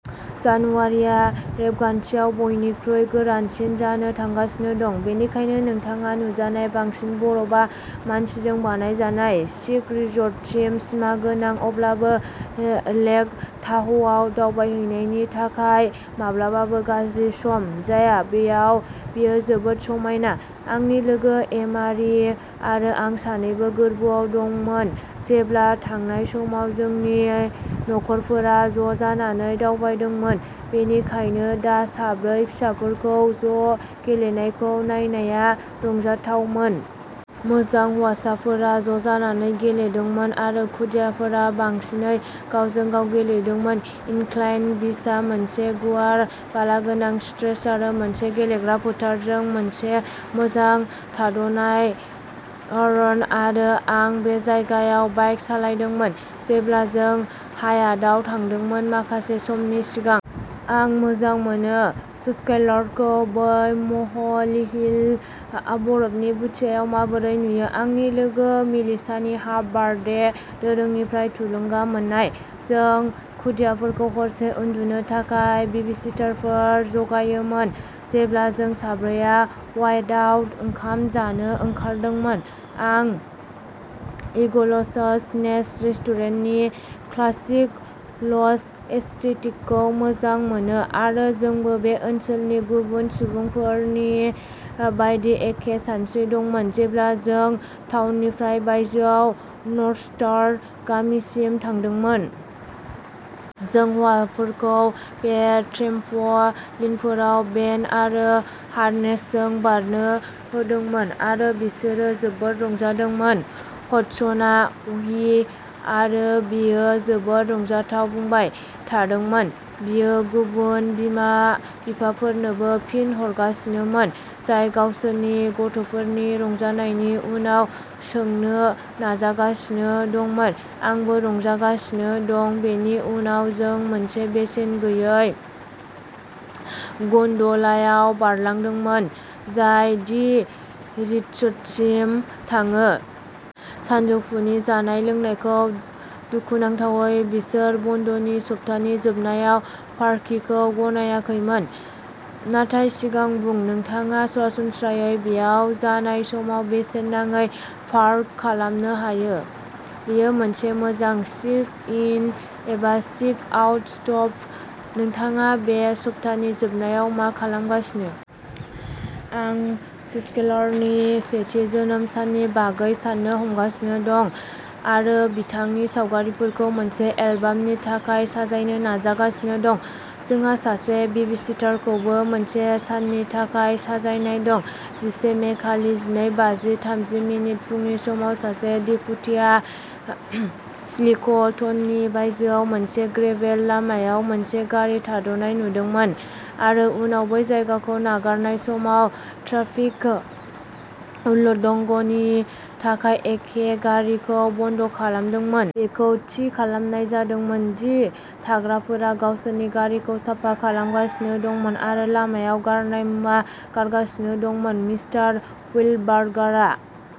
जानुवारिआ रेबगान्थियाव बयनिख्रुइ गोरानसिन जानो थांगासिनो दं बेनिखायनो नोंथाङा नुजानाय बांसिन बरफआ मानसिजों बानायजानाय, स्कि रिसर्टसिम सिमा गोनां। अब्लाबो, लेक ताह'आव दावबायहैनायनि थाखाय माब्लाबाबो गाज्रि सम जाया। बैयाव बेयो जोबोद समायना। आंनि लोगो एमारि आरो आं सानैबो गोर्बोआव दंमोन जेब्ला थांनाय समाव जोंनि नखरफोरा ज' जानानै दावबायदोंमोन, बेनिखायनो दा साब्रै फिसाफोरखौ ज' गेलेनायखौ नायनाया रंजाथावमोन। मोजां, हौवासाफोरा ज' जानानै गेलेदोंमोन आरो खुदियाफोरा बांसिनै गावजों-गाव गेलेदोंमोन। इनक्लाइन बीचआ मोनसे गुवार बालागोनां स्ट्रेच आरो मोनसे गेलेग्रा फोथारजों मोनसे मोजां थाद'नाय। एरन आरो आं बे जायगायाव बाइक सालायदोंमोन जेब्ला जों हायातआव थादोंमोन, माखासे समनि सिगां। आं मोजां मोनो स्काइलारखौ बै म'लेहिल बरफनि बुटियाव माबोरै नुयो आंनि लोगो मेलिसानि हाफ बार्थडे दोरोंनिफ्राय थुलुंगा मोननाय। जों खुदियाफोरखौ हरसे उन्दुनो थाखाय बेबिसिटारफोर जगायोमोन, जेब्ला जों साब्रैया हयातआव ओंखाम जानो ओंखारदोंमोन। आं इगल'स नेस्ट रेस्टुरेन्टनि क्लासिक ल'ज एस्थेटिकखौ मोजां मोनो आरो जोंबो बे ओनसोलनि गुबुन सुबुंफोरनि बायदि एखे सानस्रि दंमोन जेब्ला जों टाउननिफ्राय बायजोआव नर्थस्टार गामिसिम थांदोंमोन। जों हौवाफोरखौ बे ट्रेम्प' लिनफोराव बेन्ड आरो हार्नेसजों बारनो होदोंमोन आरो बिसोरो जोबोद रंजादोंमोन। हडसनआ व्ही आरो बेयो जोबोद रंजाथाव बुंबाय थादोंमोन, बियो गुबुन बिमा-बिफाफोरनोबो फिन हरगासिनोमोन, जाय गावसोरनि गथ'फोरनि रंजानायनि उनाव सोंनो नाजागासिनो दंमोन आंबो रंजागासिनो दं बेनि उनाव जों मोनसे बेसेन गैयै गन्ड'लायाव बारलांदोंमोन, जाय दि रिट्जसिम थाङो। सानजौफुनि जानाय लोंनायखौ। दुखुनांथावै बिसोर बन्दनि सप्तानि जोबनायाव पार्किंखौ गनायाखैमोन, नाथाय सिगां बुं नोंथाङा सरासनस्रायै बेयाव जानाय समाव बेसेन नाङै पार्क खालामनो हायो। बेयो मोनसे मोजां स्कि इन एबा स्कि आउट स्टप। नोंथाङा बे सप्तानि जोबनायाव मा खालामगासिनो? आं स्काइलारनि से थि जोनोम साननि बागै साननो हमगासिनो दं आरो बिथांनि सावगारिफोरखौ मोनसे एलबामनि थाखाय साजायनो नाजागासिनो दं। जोंहा सासे बेबिसिटारखौबो मोनसे साननि थाखाय साजायनाय दं। जिसे मे, खालि जिनै बाजि थामजि मिनिट फुंनि समाव सासे डेप्युटीया चिलिक'थनि बायजोआव मोनसे ग्रेभेल लामायाव मोनसे गारिखौ थाद'नाय नुदोंमोन आरो उनाव बै जायगाखौ नागारनाय समाव ट्राफिक उल्लङ्घननि थाखाय एखे गारिखौ बन्द' खालामदोंमोन। बेखौ थि खालामनाय जादोंमोन दि थाग्राफोरा गावसोरनि गारिखौ साफा खालामगासिनो दंमोन आरो लामायाव गारनाय मुवा गारगासिनो दंमोन। मिस्टार हुइलबार्गारआ